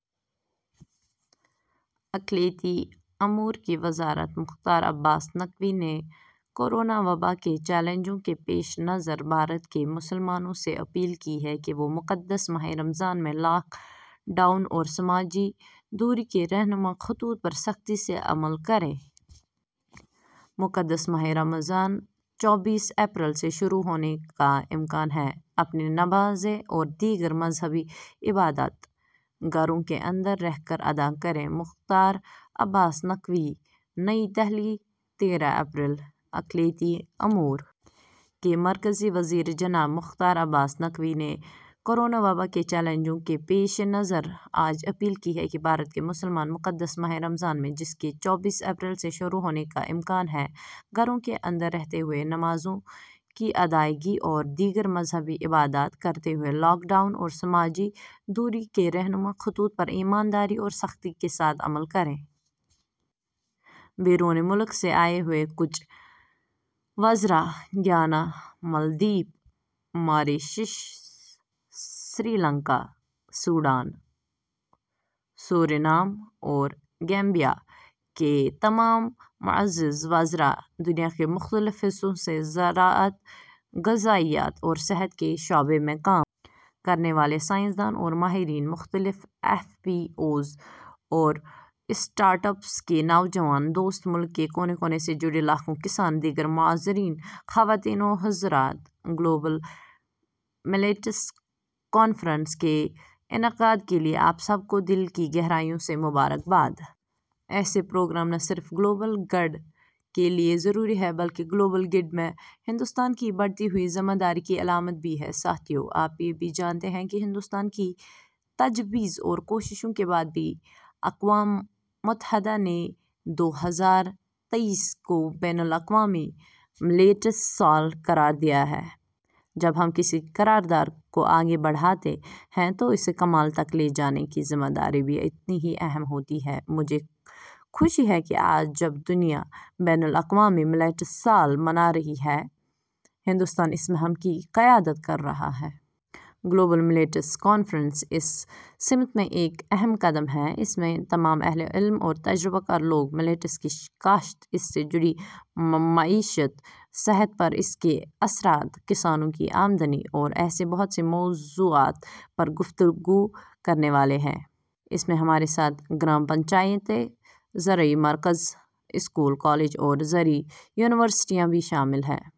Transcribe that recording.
اقلیتی امور کی وزارت مختار عباس نقوی نے کورونا وبا کے چیلنجوں کے پیشِ نظر بھارت کے مسلمانوں سے اپیل کی ہے کہ وہ مقدس ماہِ رمضان میں لاک ڈاؤن اور سماجی دوری کے رہنما خطوط پر سختی سے عمل کریں۔ مقدس ماہِ رمضان چوبیس اپریل سے شروع ہونے کا امکان ہے۔ اپنی نمازیں اور دیگر مذہبی عبادات گھروں کے اندر رہ کر ادا کریں: مختار عباس نقوی نئی دہلی، تیرہ اپریل: اقلیتی امور کے مرکزی وزیر جناب مختار عباس نقوی نے کورونا وبا کے چیلنجوں کے پیشِ نظر آج اپیل کی ہے کہ بھارت کے مسلمان مقدس ماہِ رمضان میں، جس کے چوبیس اپریل سے شروع ہونے کا امکان ہے، گھروں کے اندر رہتے ہوئے نمازوں کی ادائیگی اور دیگر مذہبی عبادات کرتے ہوئے لاک ڈاؤن اور سماجی دوری کے رہنما خطوط پر ایمانداری اور سختی کے ساتھ عمل کریں۔ بیرونِ ملک سے آئے ہوئے کچھ وزراء، Guyana, Maldives, Mauritius, Sri Lanka, Sudan, Suriname اور گیمبیا کے تمام معزز وزراء، دنیا کے مختلف حصوں سے زراعت، غذائیت اور صحت کے شعبے میں کام کرنے والے سائنس دان اور ماہرین، مختلف ایف پی اوز اور اسٹارٹ اپس کے نوجوان دوست، ملک کے کونے کونے سے جڑے لاکھوں کسان، دیگر معززین، خواتین و حضرات، 'گلوبل ملیٹس کانفرنس' کے انعقاد کے لیے آپ سب کو دل کی گہرائیوں سے مبارکباد۔ ایسے پروگرام نہ صرف گلوبل گڈ کے لیے ضروری ہیں بلکہ گلوبل گڈ میں ہندوستان کی بڑھتی ہوئی ذمہ داری کی علامت بھی ہیں۔ ساتھیو، آپ یہ بھی جانتے ہیں کہ ہندوستان کی تجویز اور کوششوں کے بعد ہی اقوام متحدہ نے دو ہزار تئیس کو 'بین الاقوامی ملیٹس سال' قرار دیا ہے۔ جب ہم کسی قرارداد کو آگے بڑھاتے ہیں تو اسے کمال تک لے جانے کی ذمہ داری بھی اتنی ہی اہم ہوتی ہے۔ مجھے خوشی ہے کہ آج جب دنیا 'بین الاقوامی ملیٹس سال' منا رہی ہے، ہندوستان اس مہم کی قیادت کر رہا ہے۔ 'گلوبل ملیٹس کانفرنس' اس سمت میں ایک اہم قدم ہے۔ اس میں تمام اہلِ علم اور تجربہ کار لوگ ملیٹس کی کاشت، اس سے جڑی معیشت، صحت پر اس کے اثرات، کسانوں کی آمدنی اور ایسے بہت سے موضوعات پر گفتگو کرنے والے ہیں۔ اس میں ہمارے ساتھ گرام پنچایتیں، زرعی مراکز، اسکول، کالج اور زرعی یونیورسٹیاں بھی شامل ہیں۔